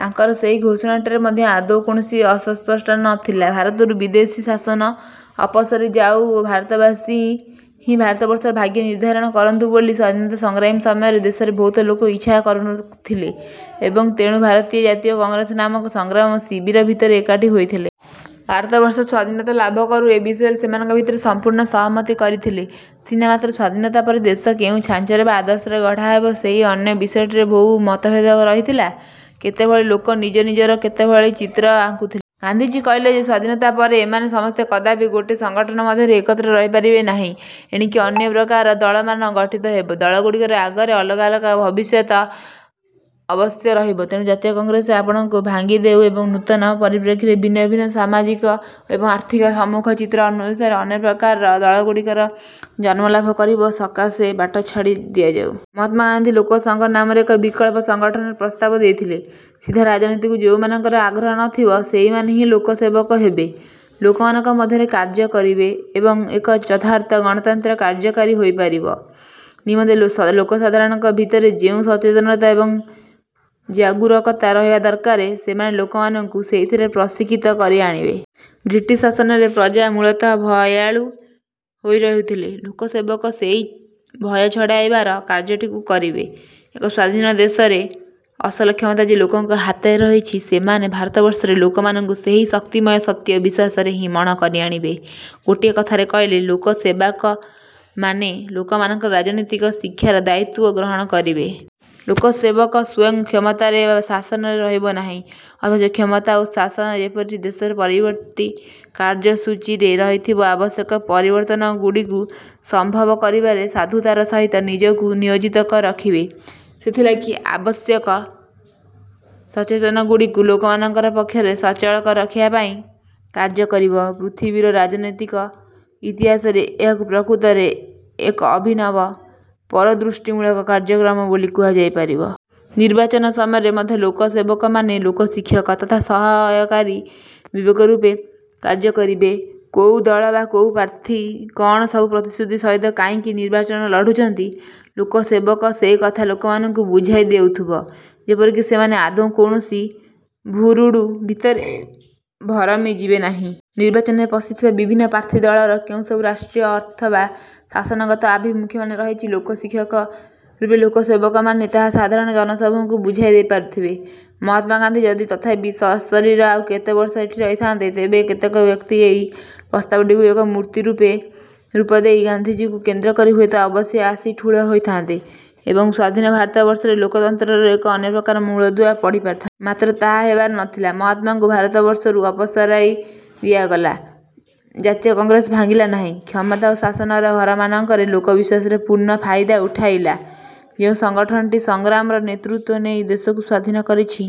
ତାଙ୍କର ସେହି ଘୋଷଣାଟିରେ ମଧ୍ୟ ଆଦୌ କୌଣସି ଅସ୍ପଷ୍ଟତା ନଥିଲା। ଭାରତରୁ ବିଦେଶୀ ଶାସନ ଅପସରି ଯାଉ ଓ ଭାରତବାସୀ ହିଁ ଭାରତବର୍ଷର ଭାଗ୍ୟ ନିର୍ଦ୍ଧାରଣ କରନ୍ତୁ ବୋଲି ସ୍ୱାଧୀନତା ସଂଗ୍ରାମ ସମୟରେ ଦେଶର ବୋହୁତ ଲୋକ ଇଚ୍ଛା କରୁନଥିଲେ ଏବଂ ତେଣୁ ଭାରତୀୟ ଜାତୀୟ କଂଗ୍ରେସ ନାମକ ସଂଗ୍ରାମ ଶିବିର ଭିତରେ ଏକାଠି ହୋଇଥିଲେ। ଭାରତବର୍ଷ ସ୍ଵାଧୀନତା ଲାଭ କରୁ ଏହି ବିଷୟରେ ସେମାନଙ୍କ ଭିତରେ ସମ୍ପୂର୍ଣ୍ଣ ସହମତି ରହିଥିଲେ ସିନା ମାତ୍ର ସ୍ୱାଧୀନତା ପରେ ଦେଶ କେଉଁ ଛାଞ୍ଚରେ ବା ଆଦର୍ଶରେ ଗଢ଼ା ହେବ, ସେହି ଅନ୍ୟ ବିଷୟଟିରେ ବୋହୁ ମତଭେଦ ରହିଥିଲା। କେତେଭଳି ଲୋକ ନିଜ ନିଜର କେତେଭଳି ଚିତ୍ର ଆଙ୍କୁଥିଲେ। ଗାନ୍ଧିଜୀ କହିଲେ ଯେ, ସ୍ଵାଧୀନତା ପରେ ଏମାନେ ସମସ୍ତେ କଦାପି ଗୋଟିଏ ସଂଗଠନ ମଧ୍ୟରେ ଏକତ୍ର ରହିପାରିବେ ନାହିଁ। ଏଣିକି ଅନ୍ୟ ପ୍ରକାର ଦଳମାନ ଗଠିତ ହେବ। ଦଳଗୁଡ଼ିକର ଆଗରେ ଅଲଗା ଅଲଗା ଭବିଷ୍ୟଚିତ୍ର ଅବଶ୍ୟ ରହିବ। ତେଣୁ ଜାତୀୟ କଂଗ୍ରେସ ଆପଣାକୁ ଭାଙ୍ଗିଦେଉ ଏବଂ ନୂତନ ପରିପ୍ରେକ୍ଷୀରେ ଭିନ୍ନ ଭିନ୍ନ ସାମାଜିକ ଏବଂ ଆର୍ଥିକ ସମ୍ମୁଖଚିତ୍ର ଅନୁସାରେ ଅନ୍ୟପ୍ରକାରର ଦଳଗୁଡ଼ିକ ଜନ୍ମଲାଭ କରିବା ସକାଶେ ବାଟ ଛାଡ଼ି ଦିଆଯାଉ। ମହାତ୍ମା ଗାନ୍ଧୀ ଲୋକସଂଘ ନାମରେ ଏକ ବିକଳ୍ପ ସଂଗଠନର ପ୍ରସ୍ତାବ ଦେଇଥିଲେ। ସିଧା ରାଜନୀତିକୁ ଯେଉଁମାନଙ୍କର ଆଗ୍ରହ ନଥିବ ସେହିମାନେ ହିଁ ଲୋକସେବକ ହେବେ, ଲୋକମାନଙ୍କ ମଧ୍ୟରେ କାର୍ଯ୍ୟ କରିବେ ଏବଂ ଏକ ଯଥାର୍ଥ ଗଣତନ୍ତ୍ର କାର୍ଯ୍ୟକାରୀ ହୋଇପାରିବା ନିମନ୍ତେ ଲୋକସାଧାରଣଙ୍କ ଭିତରେ ଯେଉଁ ସଚେତନତା ଏବଂ ଜାଗରୂକତା ରହିବା ଦରକାର, ସେମାନେ ଲୋକମାନଙ୍କୁ ସେଇଥିରେ ପ୍ରଶିକ୍ଷିତ କରି ଆଣିବେ। ବ୍ରିଟିଶ୍ ଶାସନରେ ପ୍ରଜା ମୂଳତଃ ଭୟାଳୁ ହୋଇ ରହିଥିଲେ, ଲୋକସେବକ ସେହି ଭୟ ଛଡ଼ାଇବାର କାର୍ଯ୍ୟଟିକୁ କରିବେ। ଏକ ସ୍ୱାଧୀନ ଦେଶରେ ଅସଲ କ୍ଷମତା ଯେ ଲୋକଙ୍କ ହାତରେ ରହିଛି ସେମାନେ ଭାରତବର୍ଷରେ ଲୋକମାନଙ୍କୁ ସେହି ଶକ୍ତିମୟ ସତ୍ୟ ବିଶ୍ୱାସରେ ହିଁ ମଣ କରିଆଣିବେ। ଗୋଟିଏ କଥାରେ କହିଲେ, ଲୋକସେବକମାନେ ଲୋକମାନଙ୍କର ରାଜନୀତିକ ଶିକ୍ଷାର ଦାୟିତ୍ୱ ଗ୍ରହଣ କରିବେ। ଲୋକସେବକ ସ୍ଵୟଂ କ୍ଷମତାରେ ବା ଶାସନରେ ରହିବ ନାହିଁ, ଅଥଚ କ୍ଷମତା ଏବଂ ଶାସନ ଯେପରି ଦେଶର ପରବର୍ତ୍ତୀ କାର୍ଯ୍ୟସୂଚୀରେ ରହିଥିବା ଆବଶ୍ୟକ ପରିବର୍ତ୍ତନଗୁଡ଼ିକୁ ସମ୍ଭବ କରିବାରେ ସାଧୁତାର ସହିତ ନିଜକୁ ନିୟୋଜିତ କରି ରଖିବେ, ସେଥିଲାଗି ଆବଶ୍ୟକ ସଚେତନତା ଗୁଡ଼ିକୁ ଲୋକମାନଙ୍କର ପକ୍ଷରେ ସଚଳ କରି ରଖିବା ପାଇଁ କାର୍ଯ୍ୟ କରିବ, ପୃଥିବୀର ରାଜନୀତିକ ଇତିହାସରେ ଏହାକୁ ପ୍ରକୃତରେ ଏକ ଅଭିନବ ପୁରୋଦୃଷ୍ଟିମୂଳକ କାର୍ଯ୍ୟକ୍ରମ ବୋଲି କୁହାଯାଇ ପାରିବ। ନିର୍ବାଚନ ସମୟରେ ମଧ୍ୟ ଲୋକସେବକମାନେ ଲୋକଶିକ୍ଷକ ତଥା ସହାୟକାରୀ ବିବେକ ରୂପେ କାର୍ଯ୍ୟ କରିବେ। କୋଉ ଦଳ ବା କୋଉ ପ୍ରାର୍ଥୀ କଣ ସବୁ ପ୍ରତିଶ୍ରୁତି ସହିତ କାହିଁକି ନିର୍ବାଚନ ଲଢ଼ୁଛନ୍ତି, ଲୋକସେବକ ସେକଥା ଲୋକମାନଙ୍କୁ ବୁଝାଇ ଦେଉଥିବେ, ଯେପରିକି ସେମାନେ ଆଦୌ କୌଣସି ଭୁରୁଡୁ ଭିତରେ ଭରମି ଯିବେନାହିଁ। ନିର୍ବାଚନରେ ପଶିଥିବା ବିଭିନ୍ନ ପ୍ରାର୍ଥୀ ଦଳର କେଉଁସବୁ ରାଷ୍ଟ୍ରୀୟ ଅଥବା ଶାସନଗତ ଆଭିମୁଖ୍ୟମାନ ରହିଛି, ଲୋକଶିକ୍ଷକ ରୂପେ ଲୋକସେବକମାନେ ତାହା ସାଧାରଣ ଜନସମୂହକୁ ବୁଝାଇ ଦେଇପାରୁଥିବେ। ମହାତ୍ମା ଗାନ୍ଧୀ ଯଦି ତଥାପି ସଶରୀର ଆଉ କେତେବର୍ଷ ଏଠି ରହିଥାନ୍ତେ, ତେବେ କେତେକ ବ୍ୟକ୍ତି ଏହି ପ୍ରସ୍ତାବଟିକୁ ଏକ ମୂର୍ତ୍ତି ରୂପ ଦେଇ ଗାନ୍ଧିଜୀଙ୍କୁ କେନ୍ଦ୍ର କରି ହୁଏତ ଅବଶ୍ୟ ଆସି ଠୁଳ ହୋଇଥାନ୍ତେ ଏବଂ ସ୍ୱାଧୀନ ଭାରତବର୍ଷରେ ଲୋକତନ୍ତ୍ରର ଏକ ଅନ୍ୟପ୍ରକାର ମୂଳଦୁଆ ପଡ଼ିପାରିଥାନ୍ତା। ମାତ୍ର ତାହା ହେବାର ନଥିଲା। ମହାତ୍ମାଙ୍କୁ ଭାରତବର୍ଷରୁ ଅପସରାଇ ଦିଆଗଲା। ଜାତୀୟ କଂଗ୍ରେସ ଭାଙ୍ଗିଲା ନାହିଁ। କ୍ଷମତା ଓ ଶାସନର ଘରମାନଙ୍କରେ ଲୋକବିଶ୍ୱାସର ପୂର୍ଣ୍ଣ ଫାଇଦା ଉଠାଇଲା। ଯେଉଁ ସଂଗଠନଟି ସଂଗ୍ରାମର ନେତୃତ୍ଵ ଦେଇ ଦେଶକୁ ସ୍ୱାଧୀନ କରିଛି,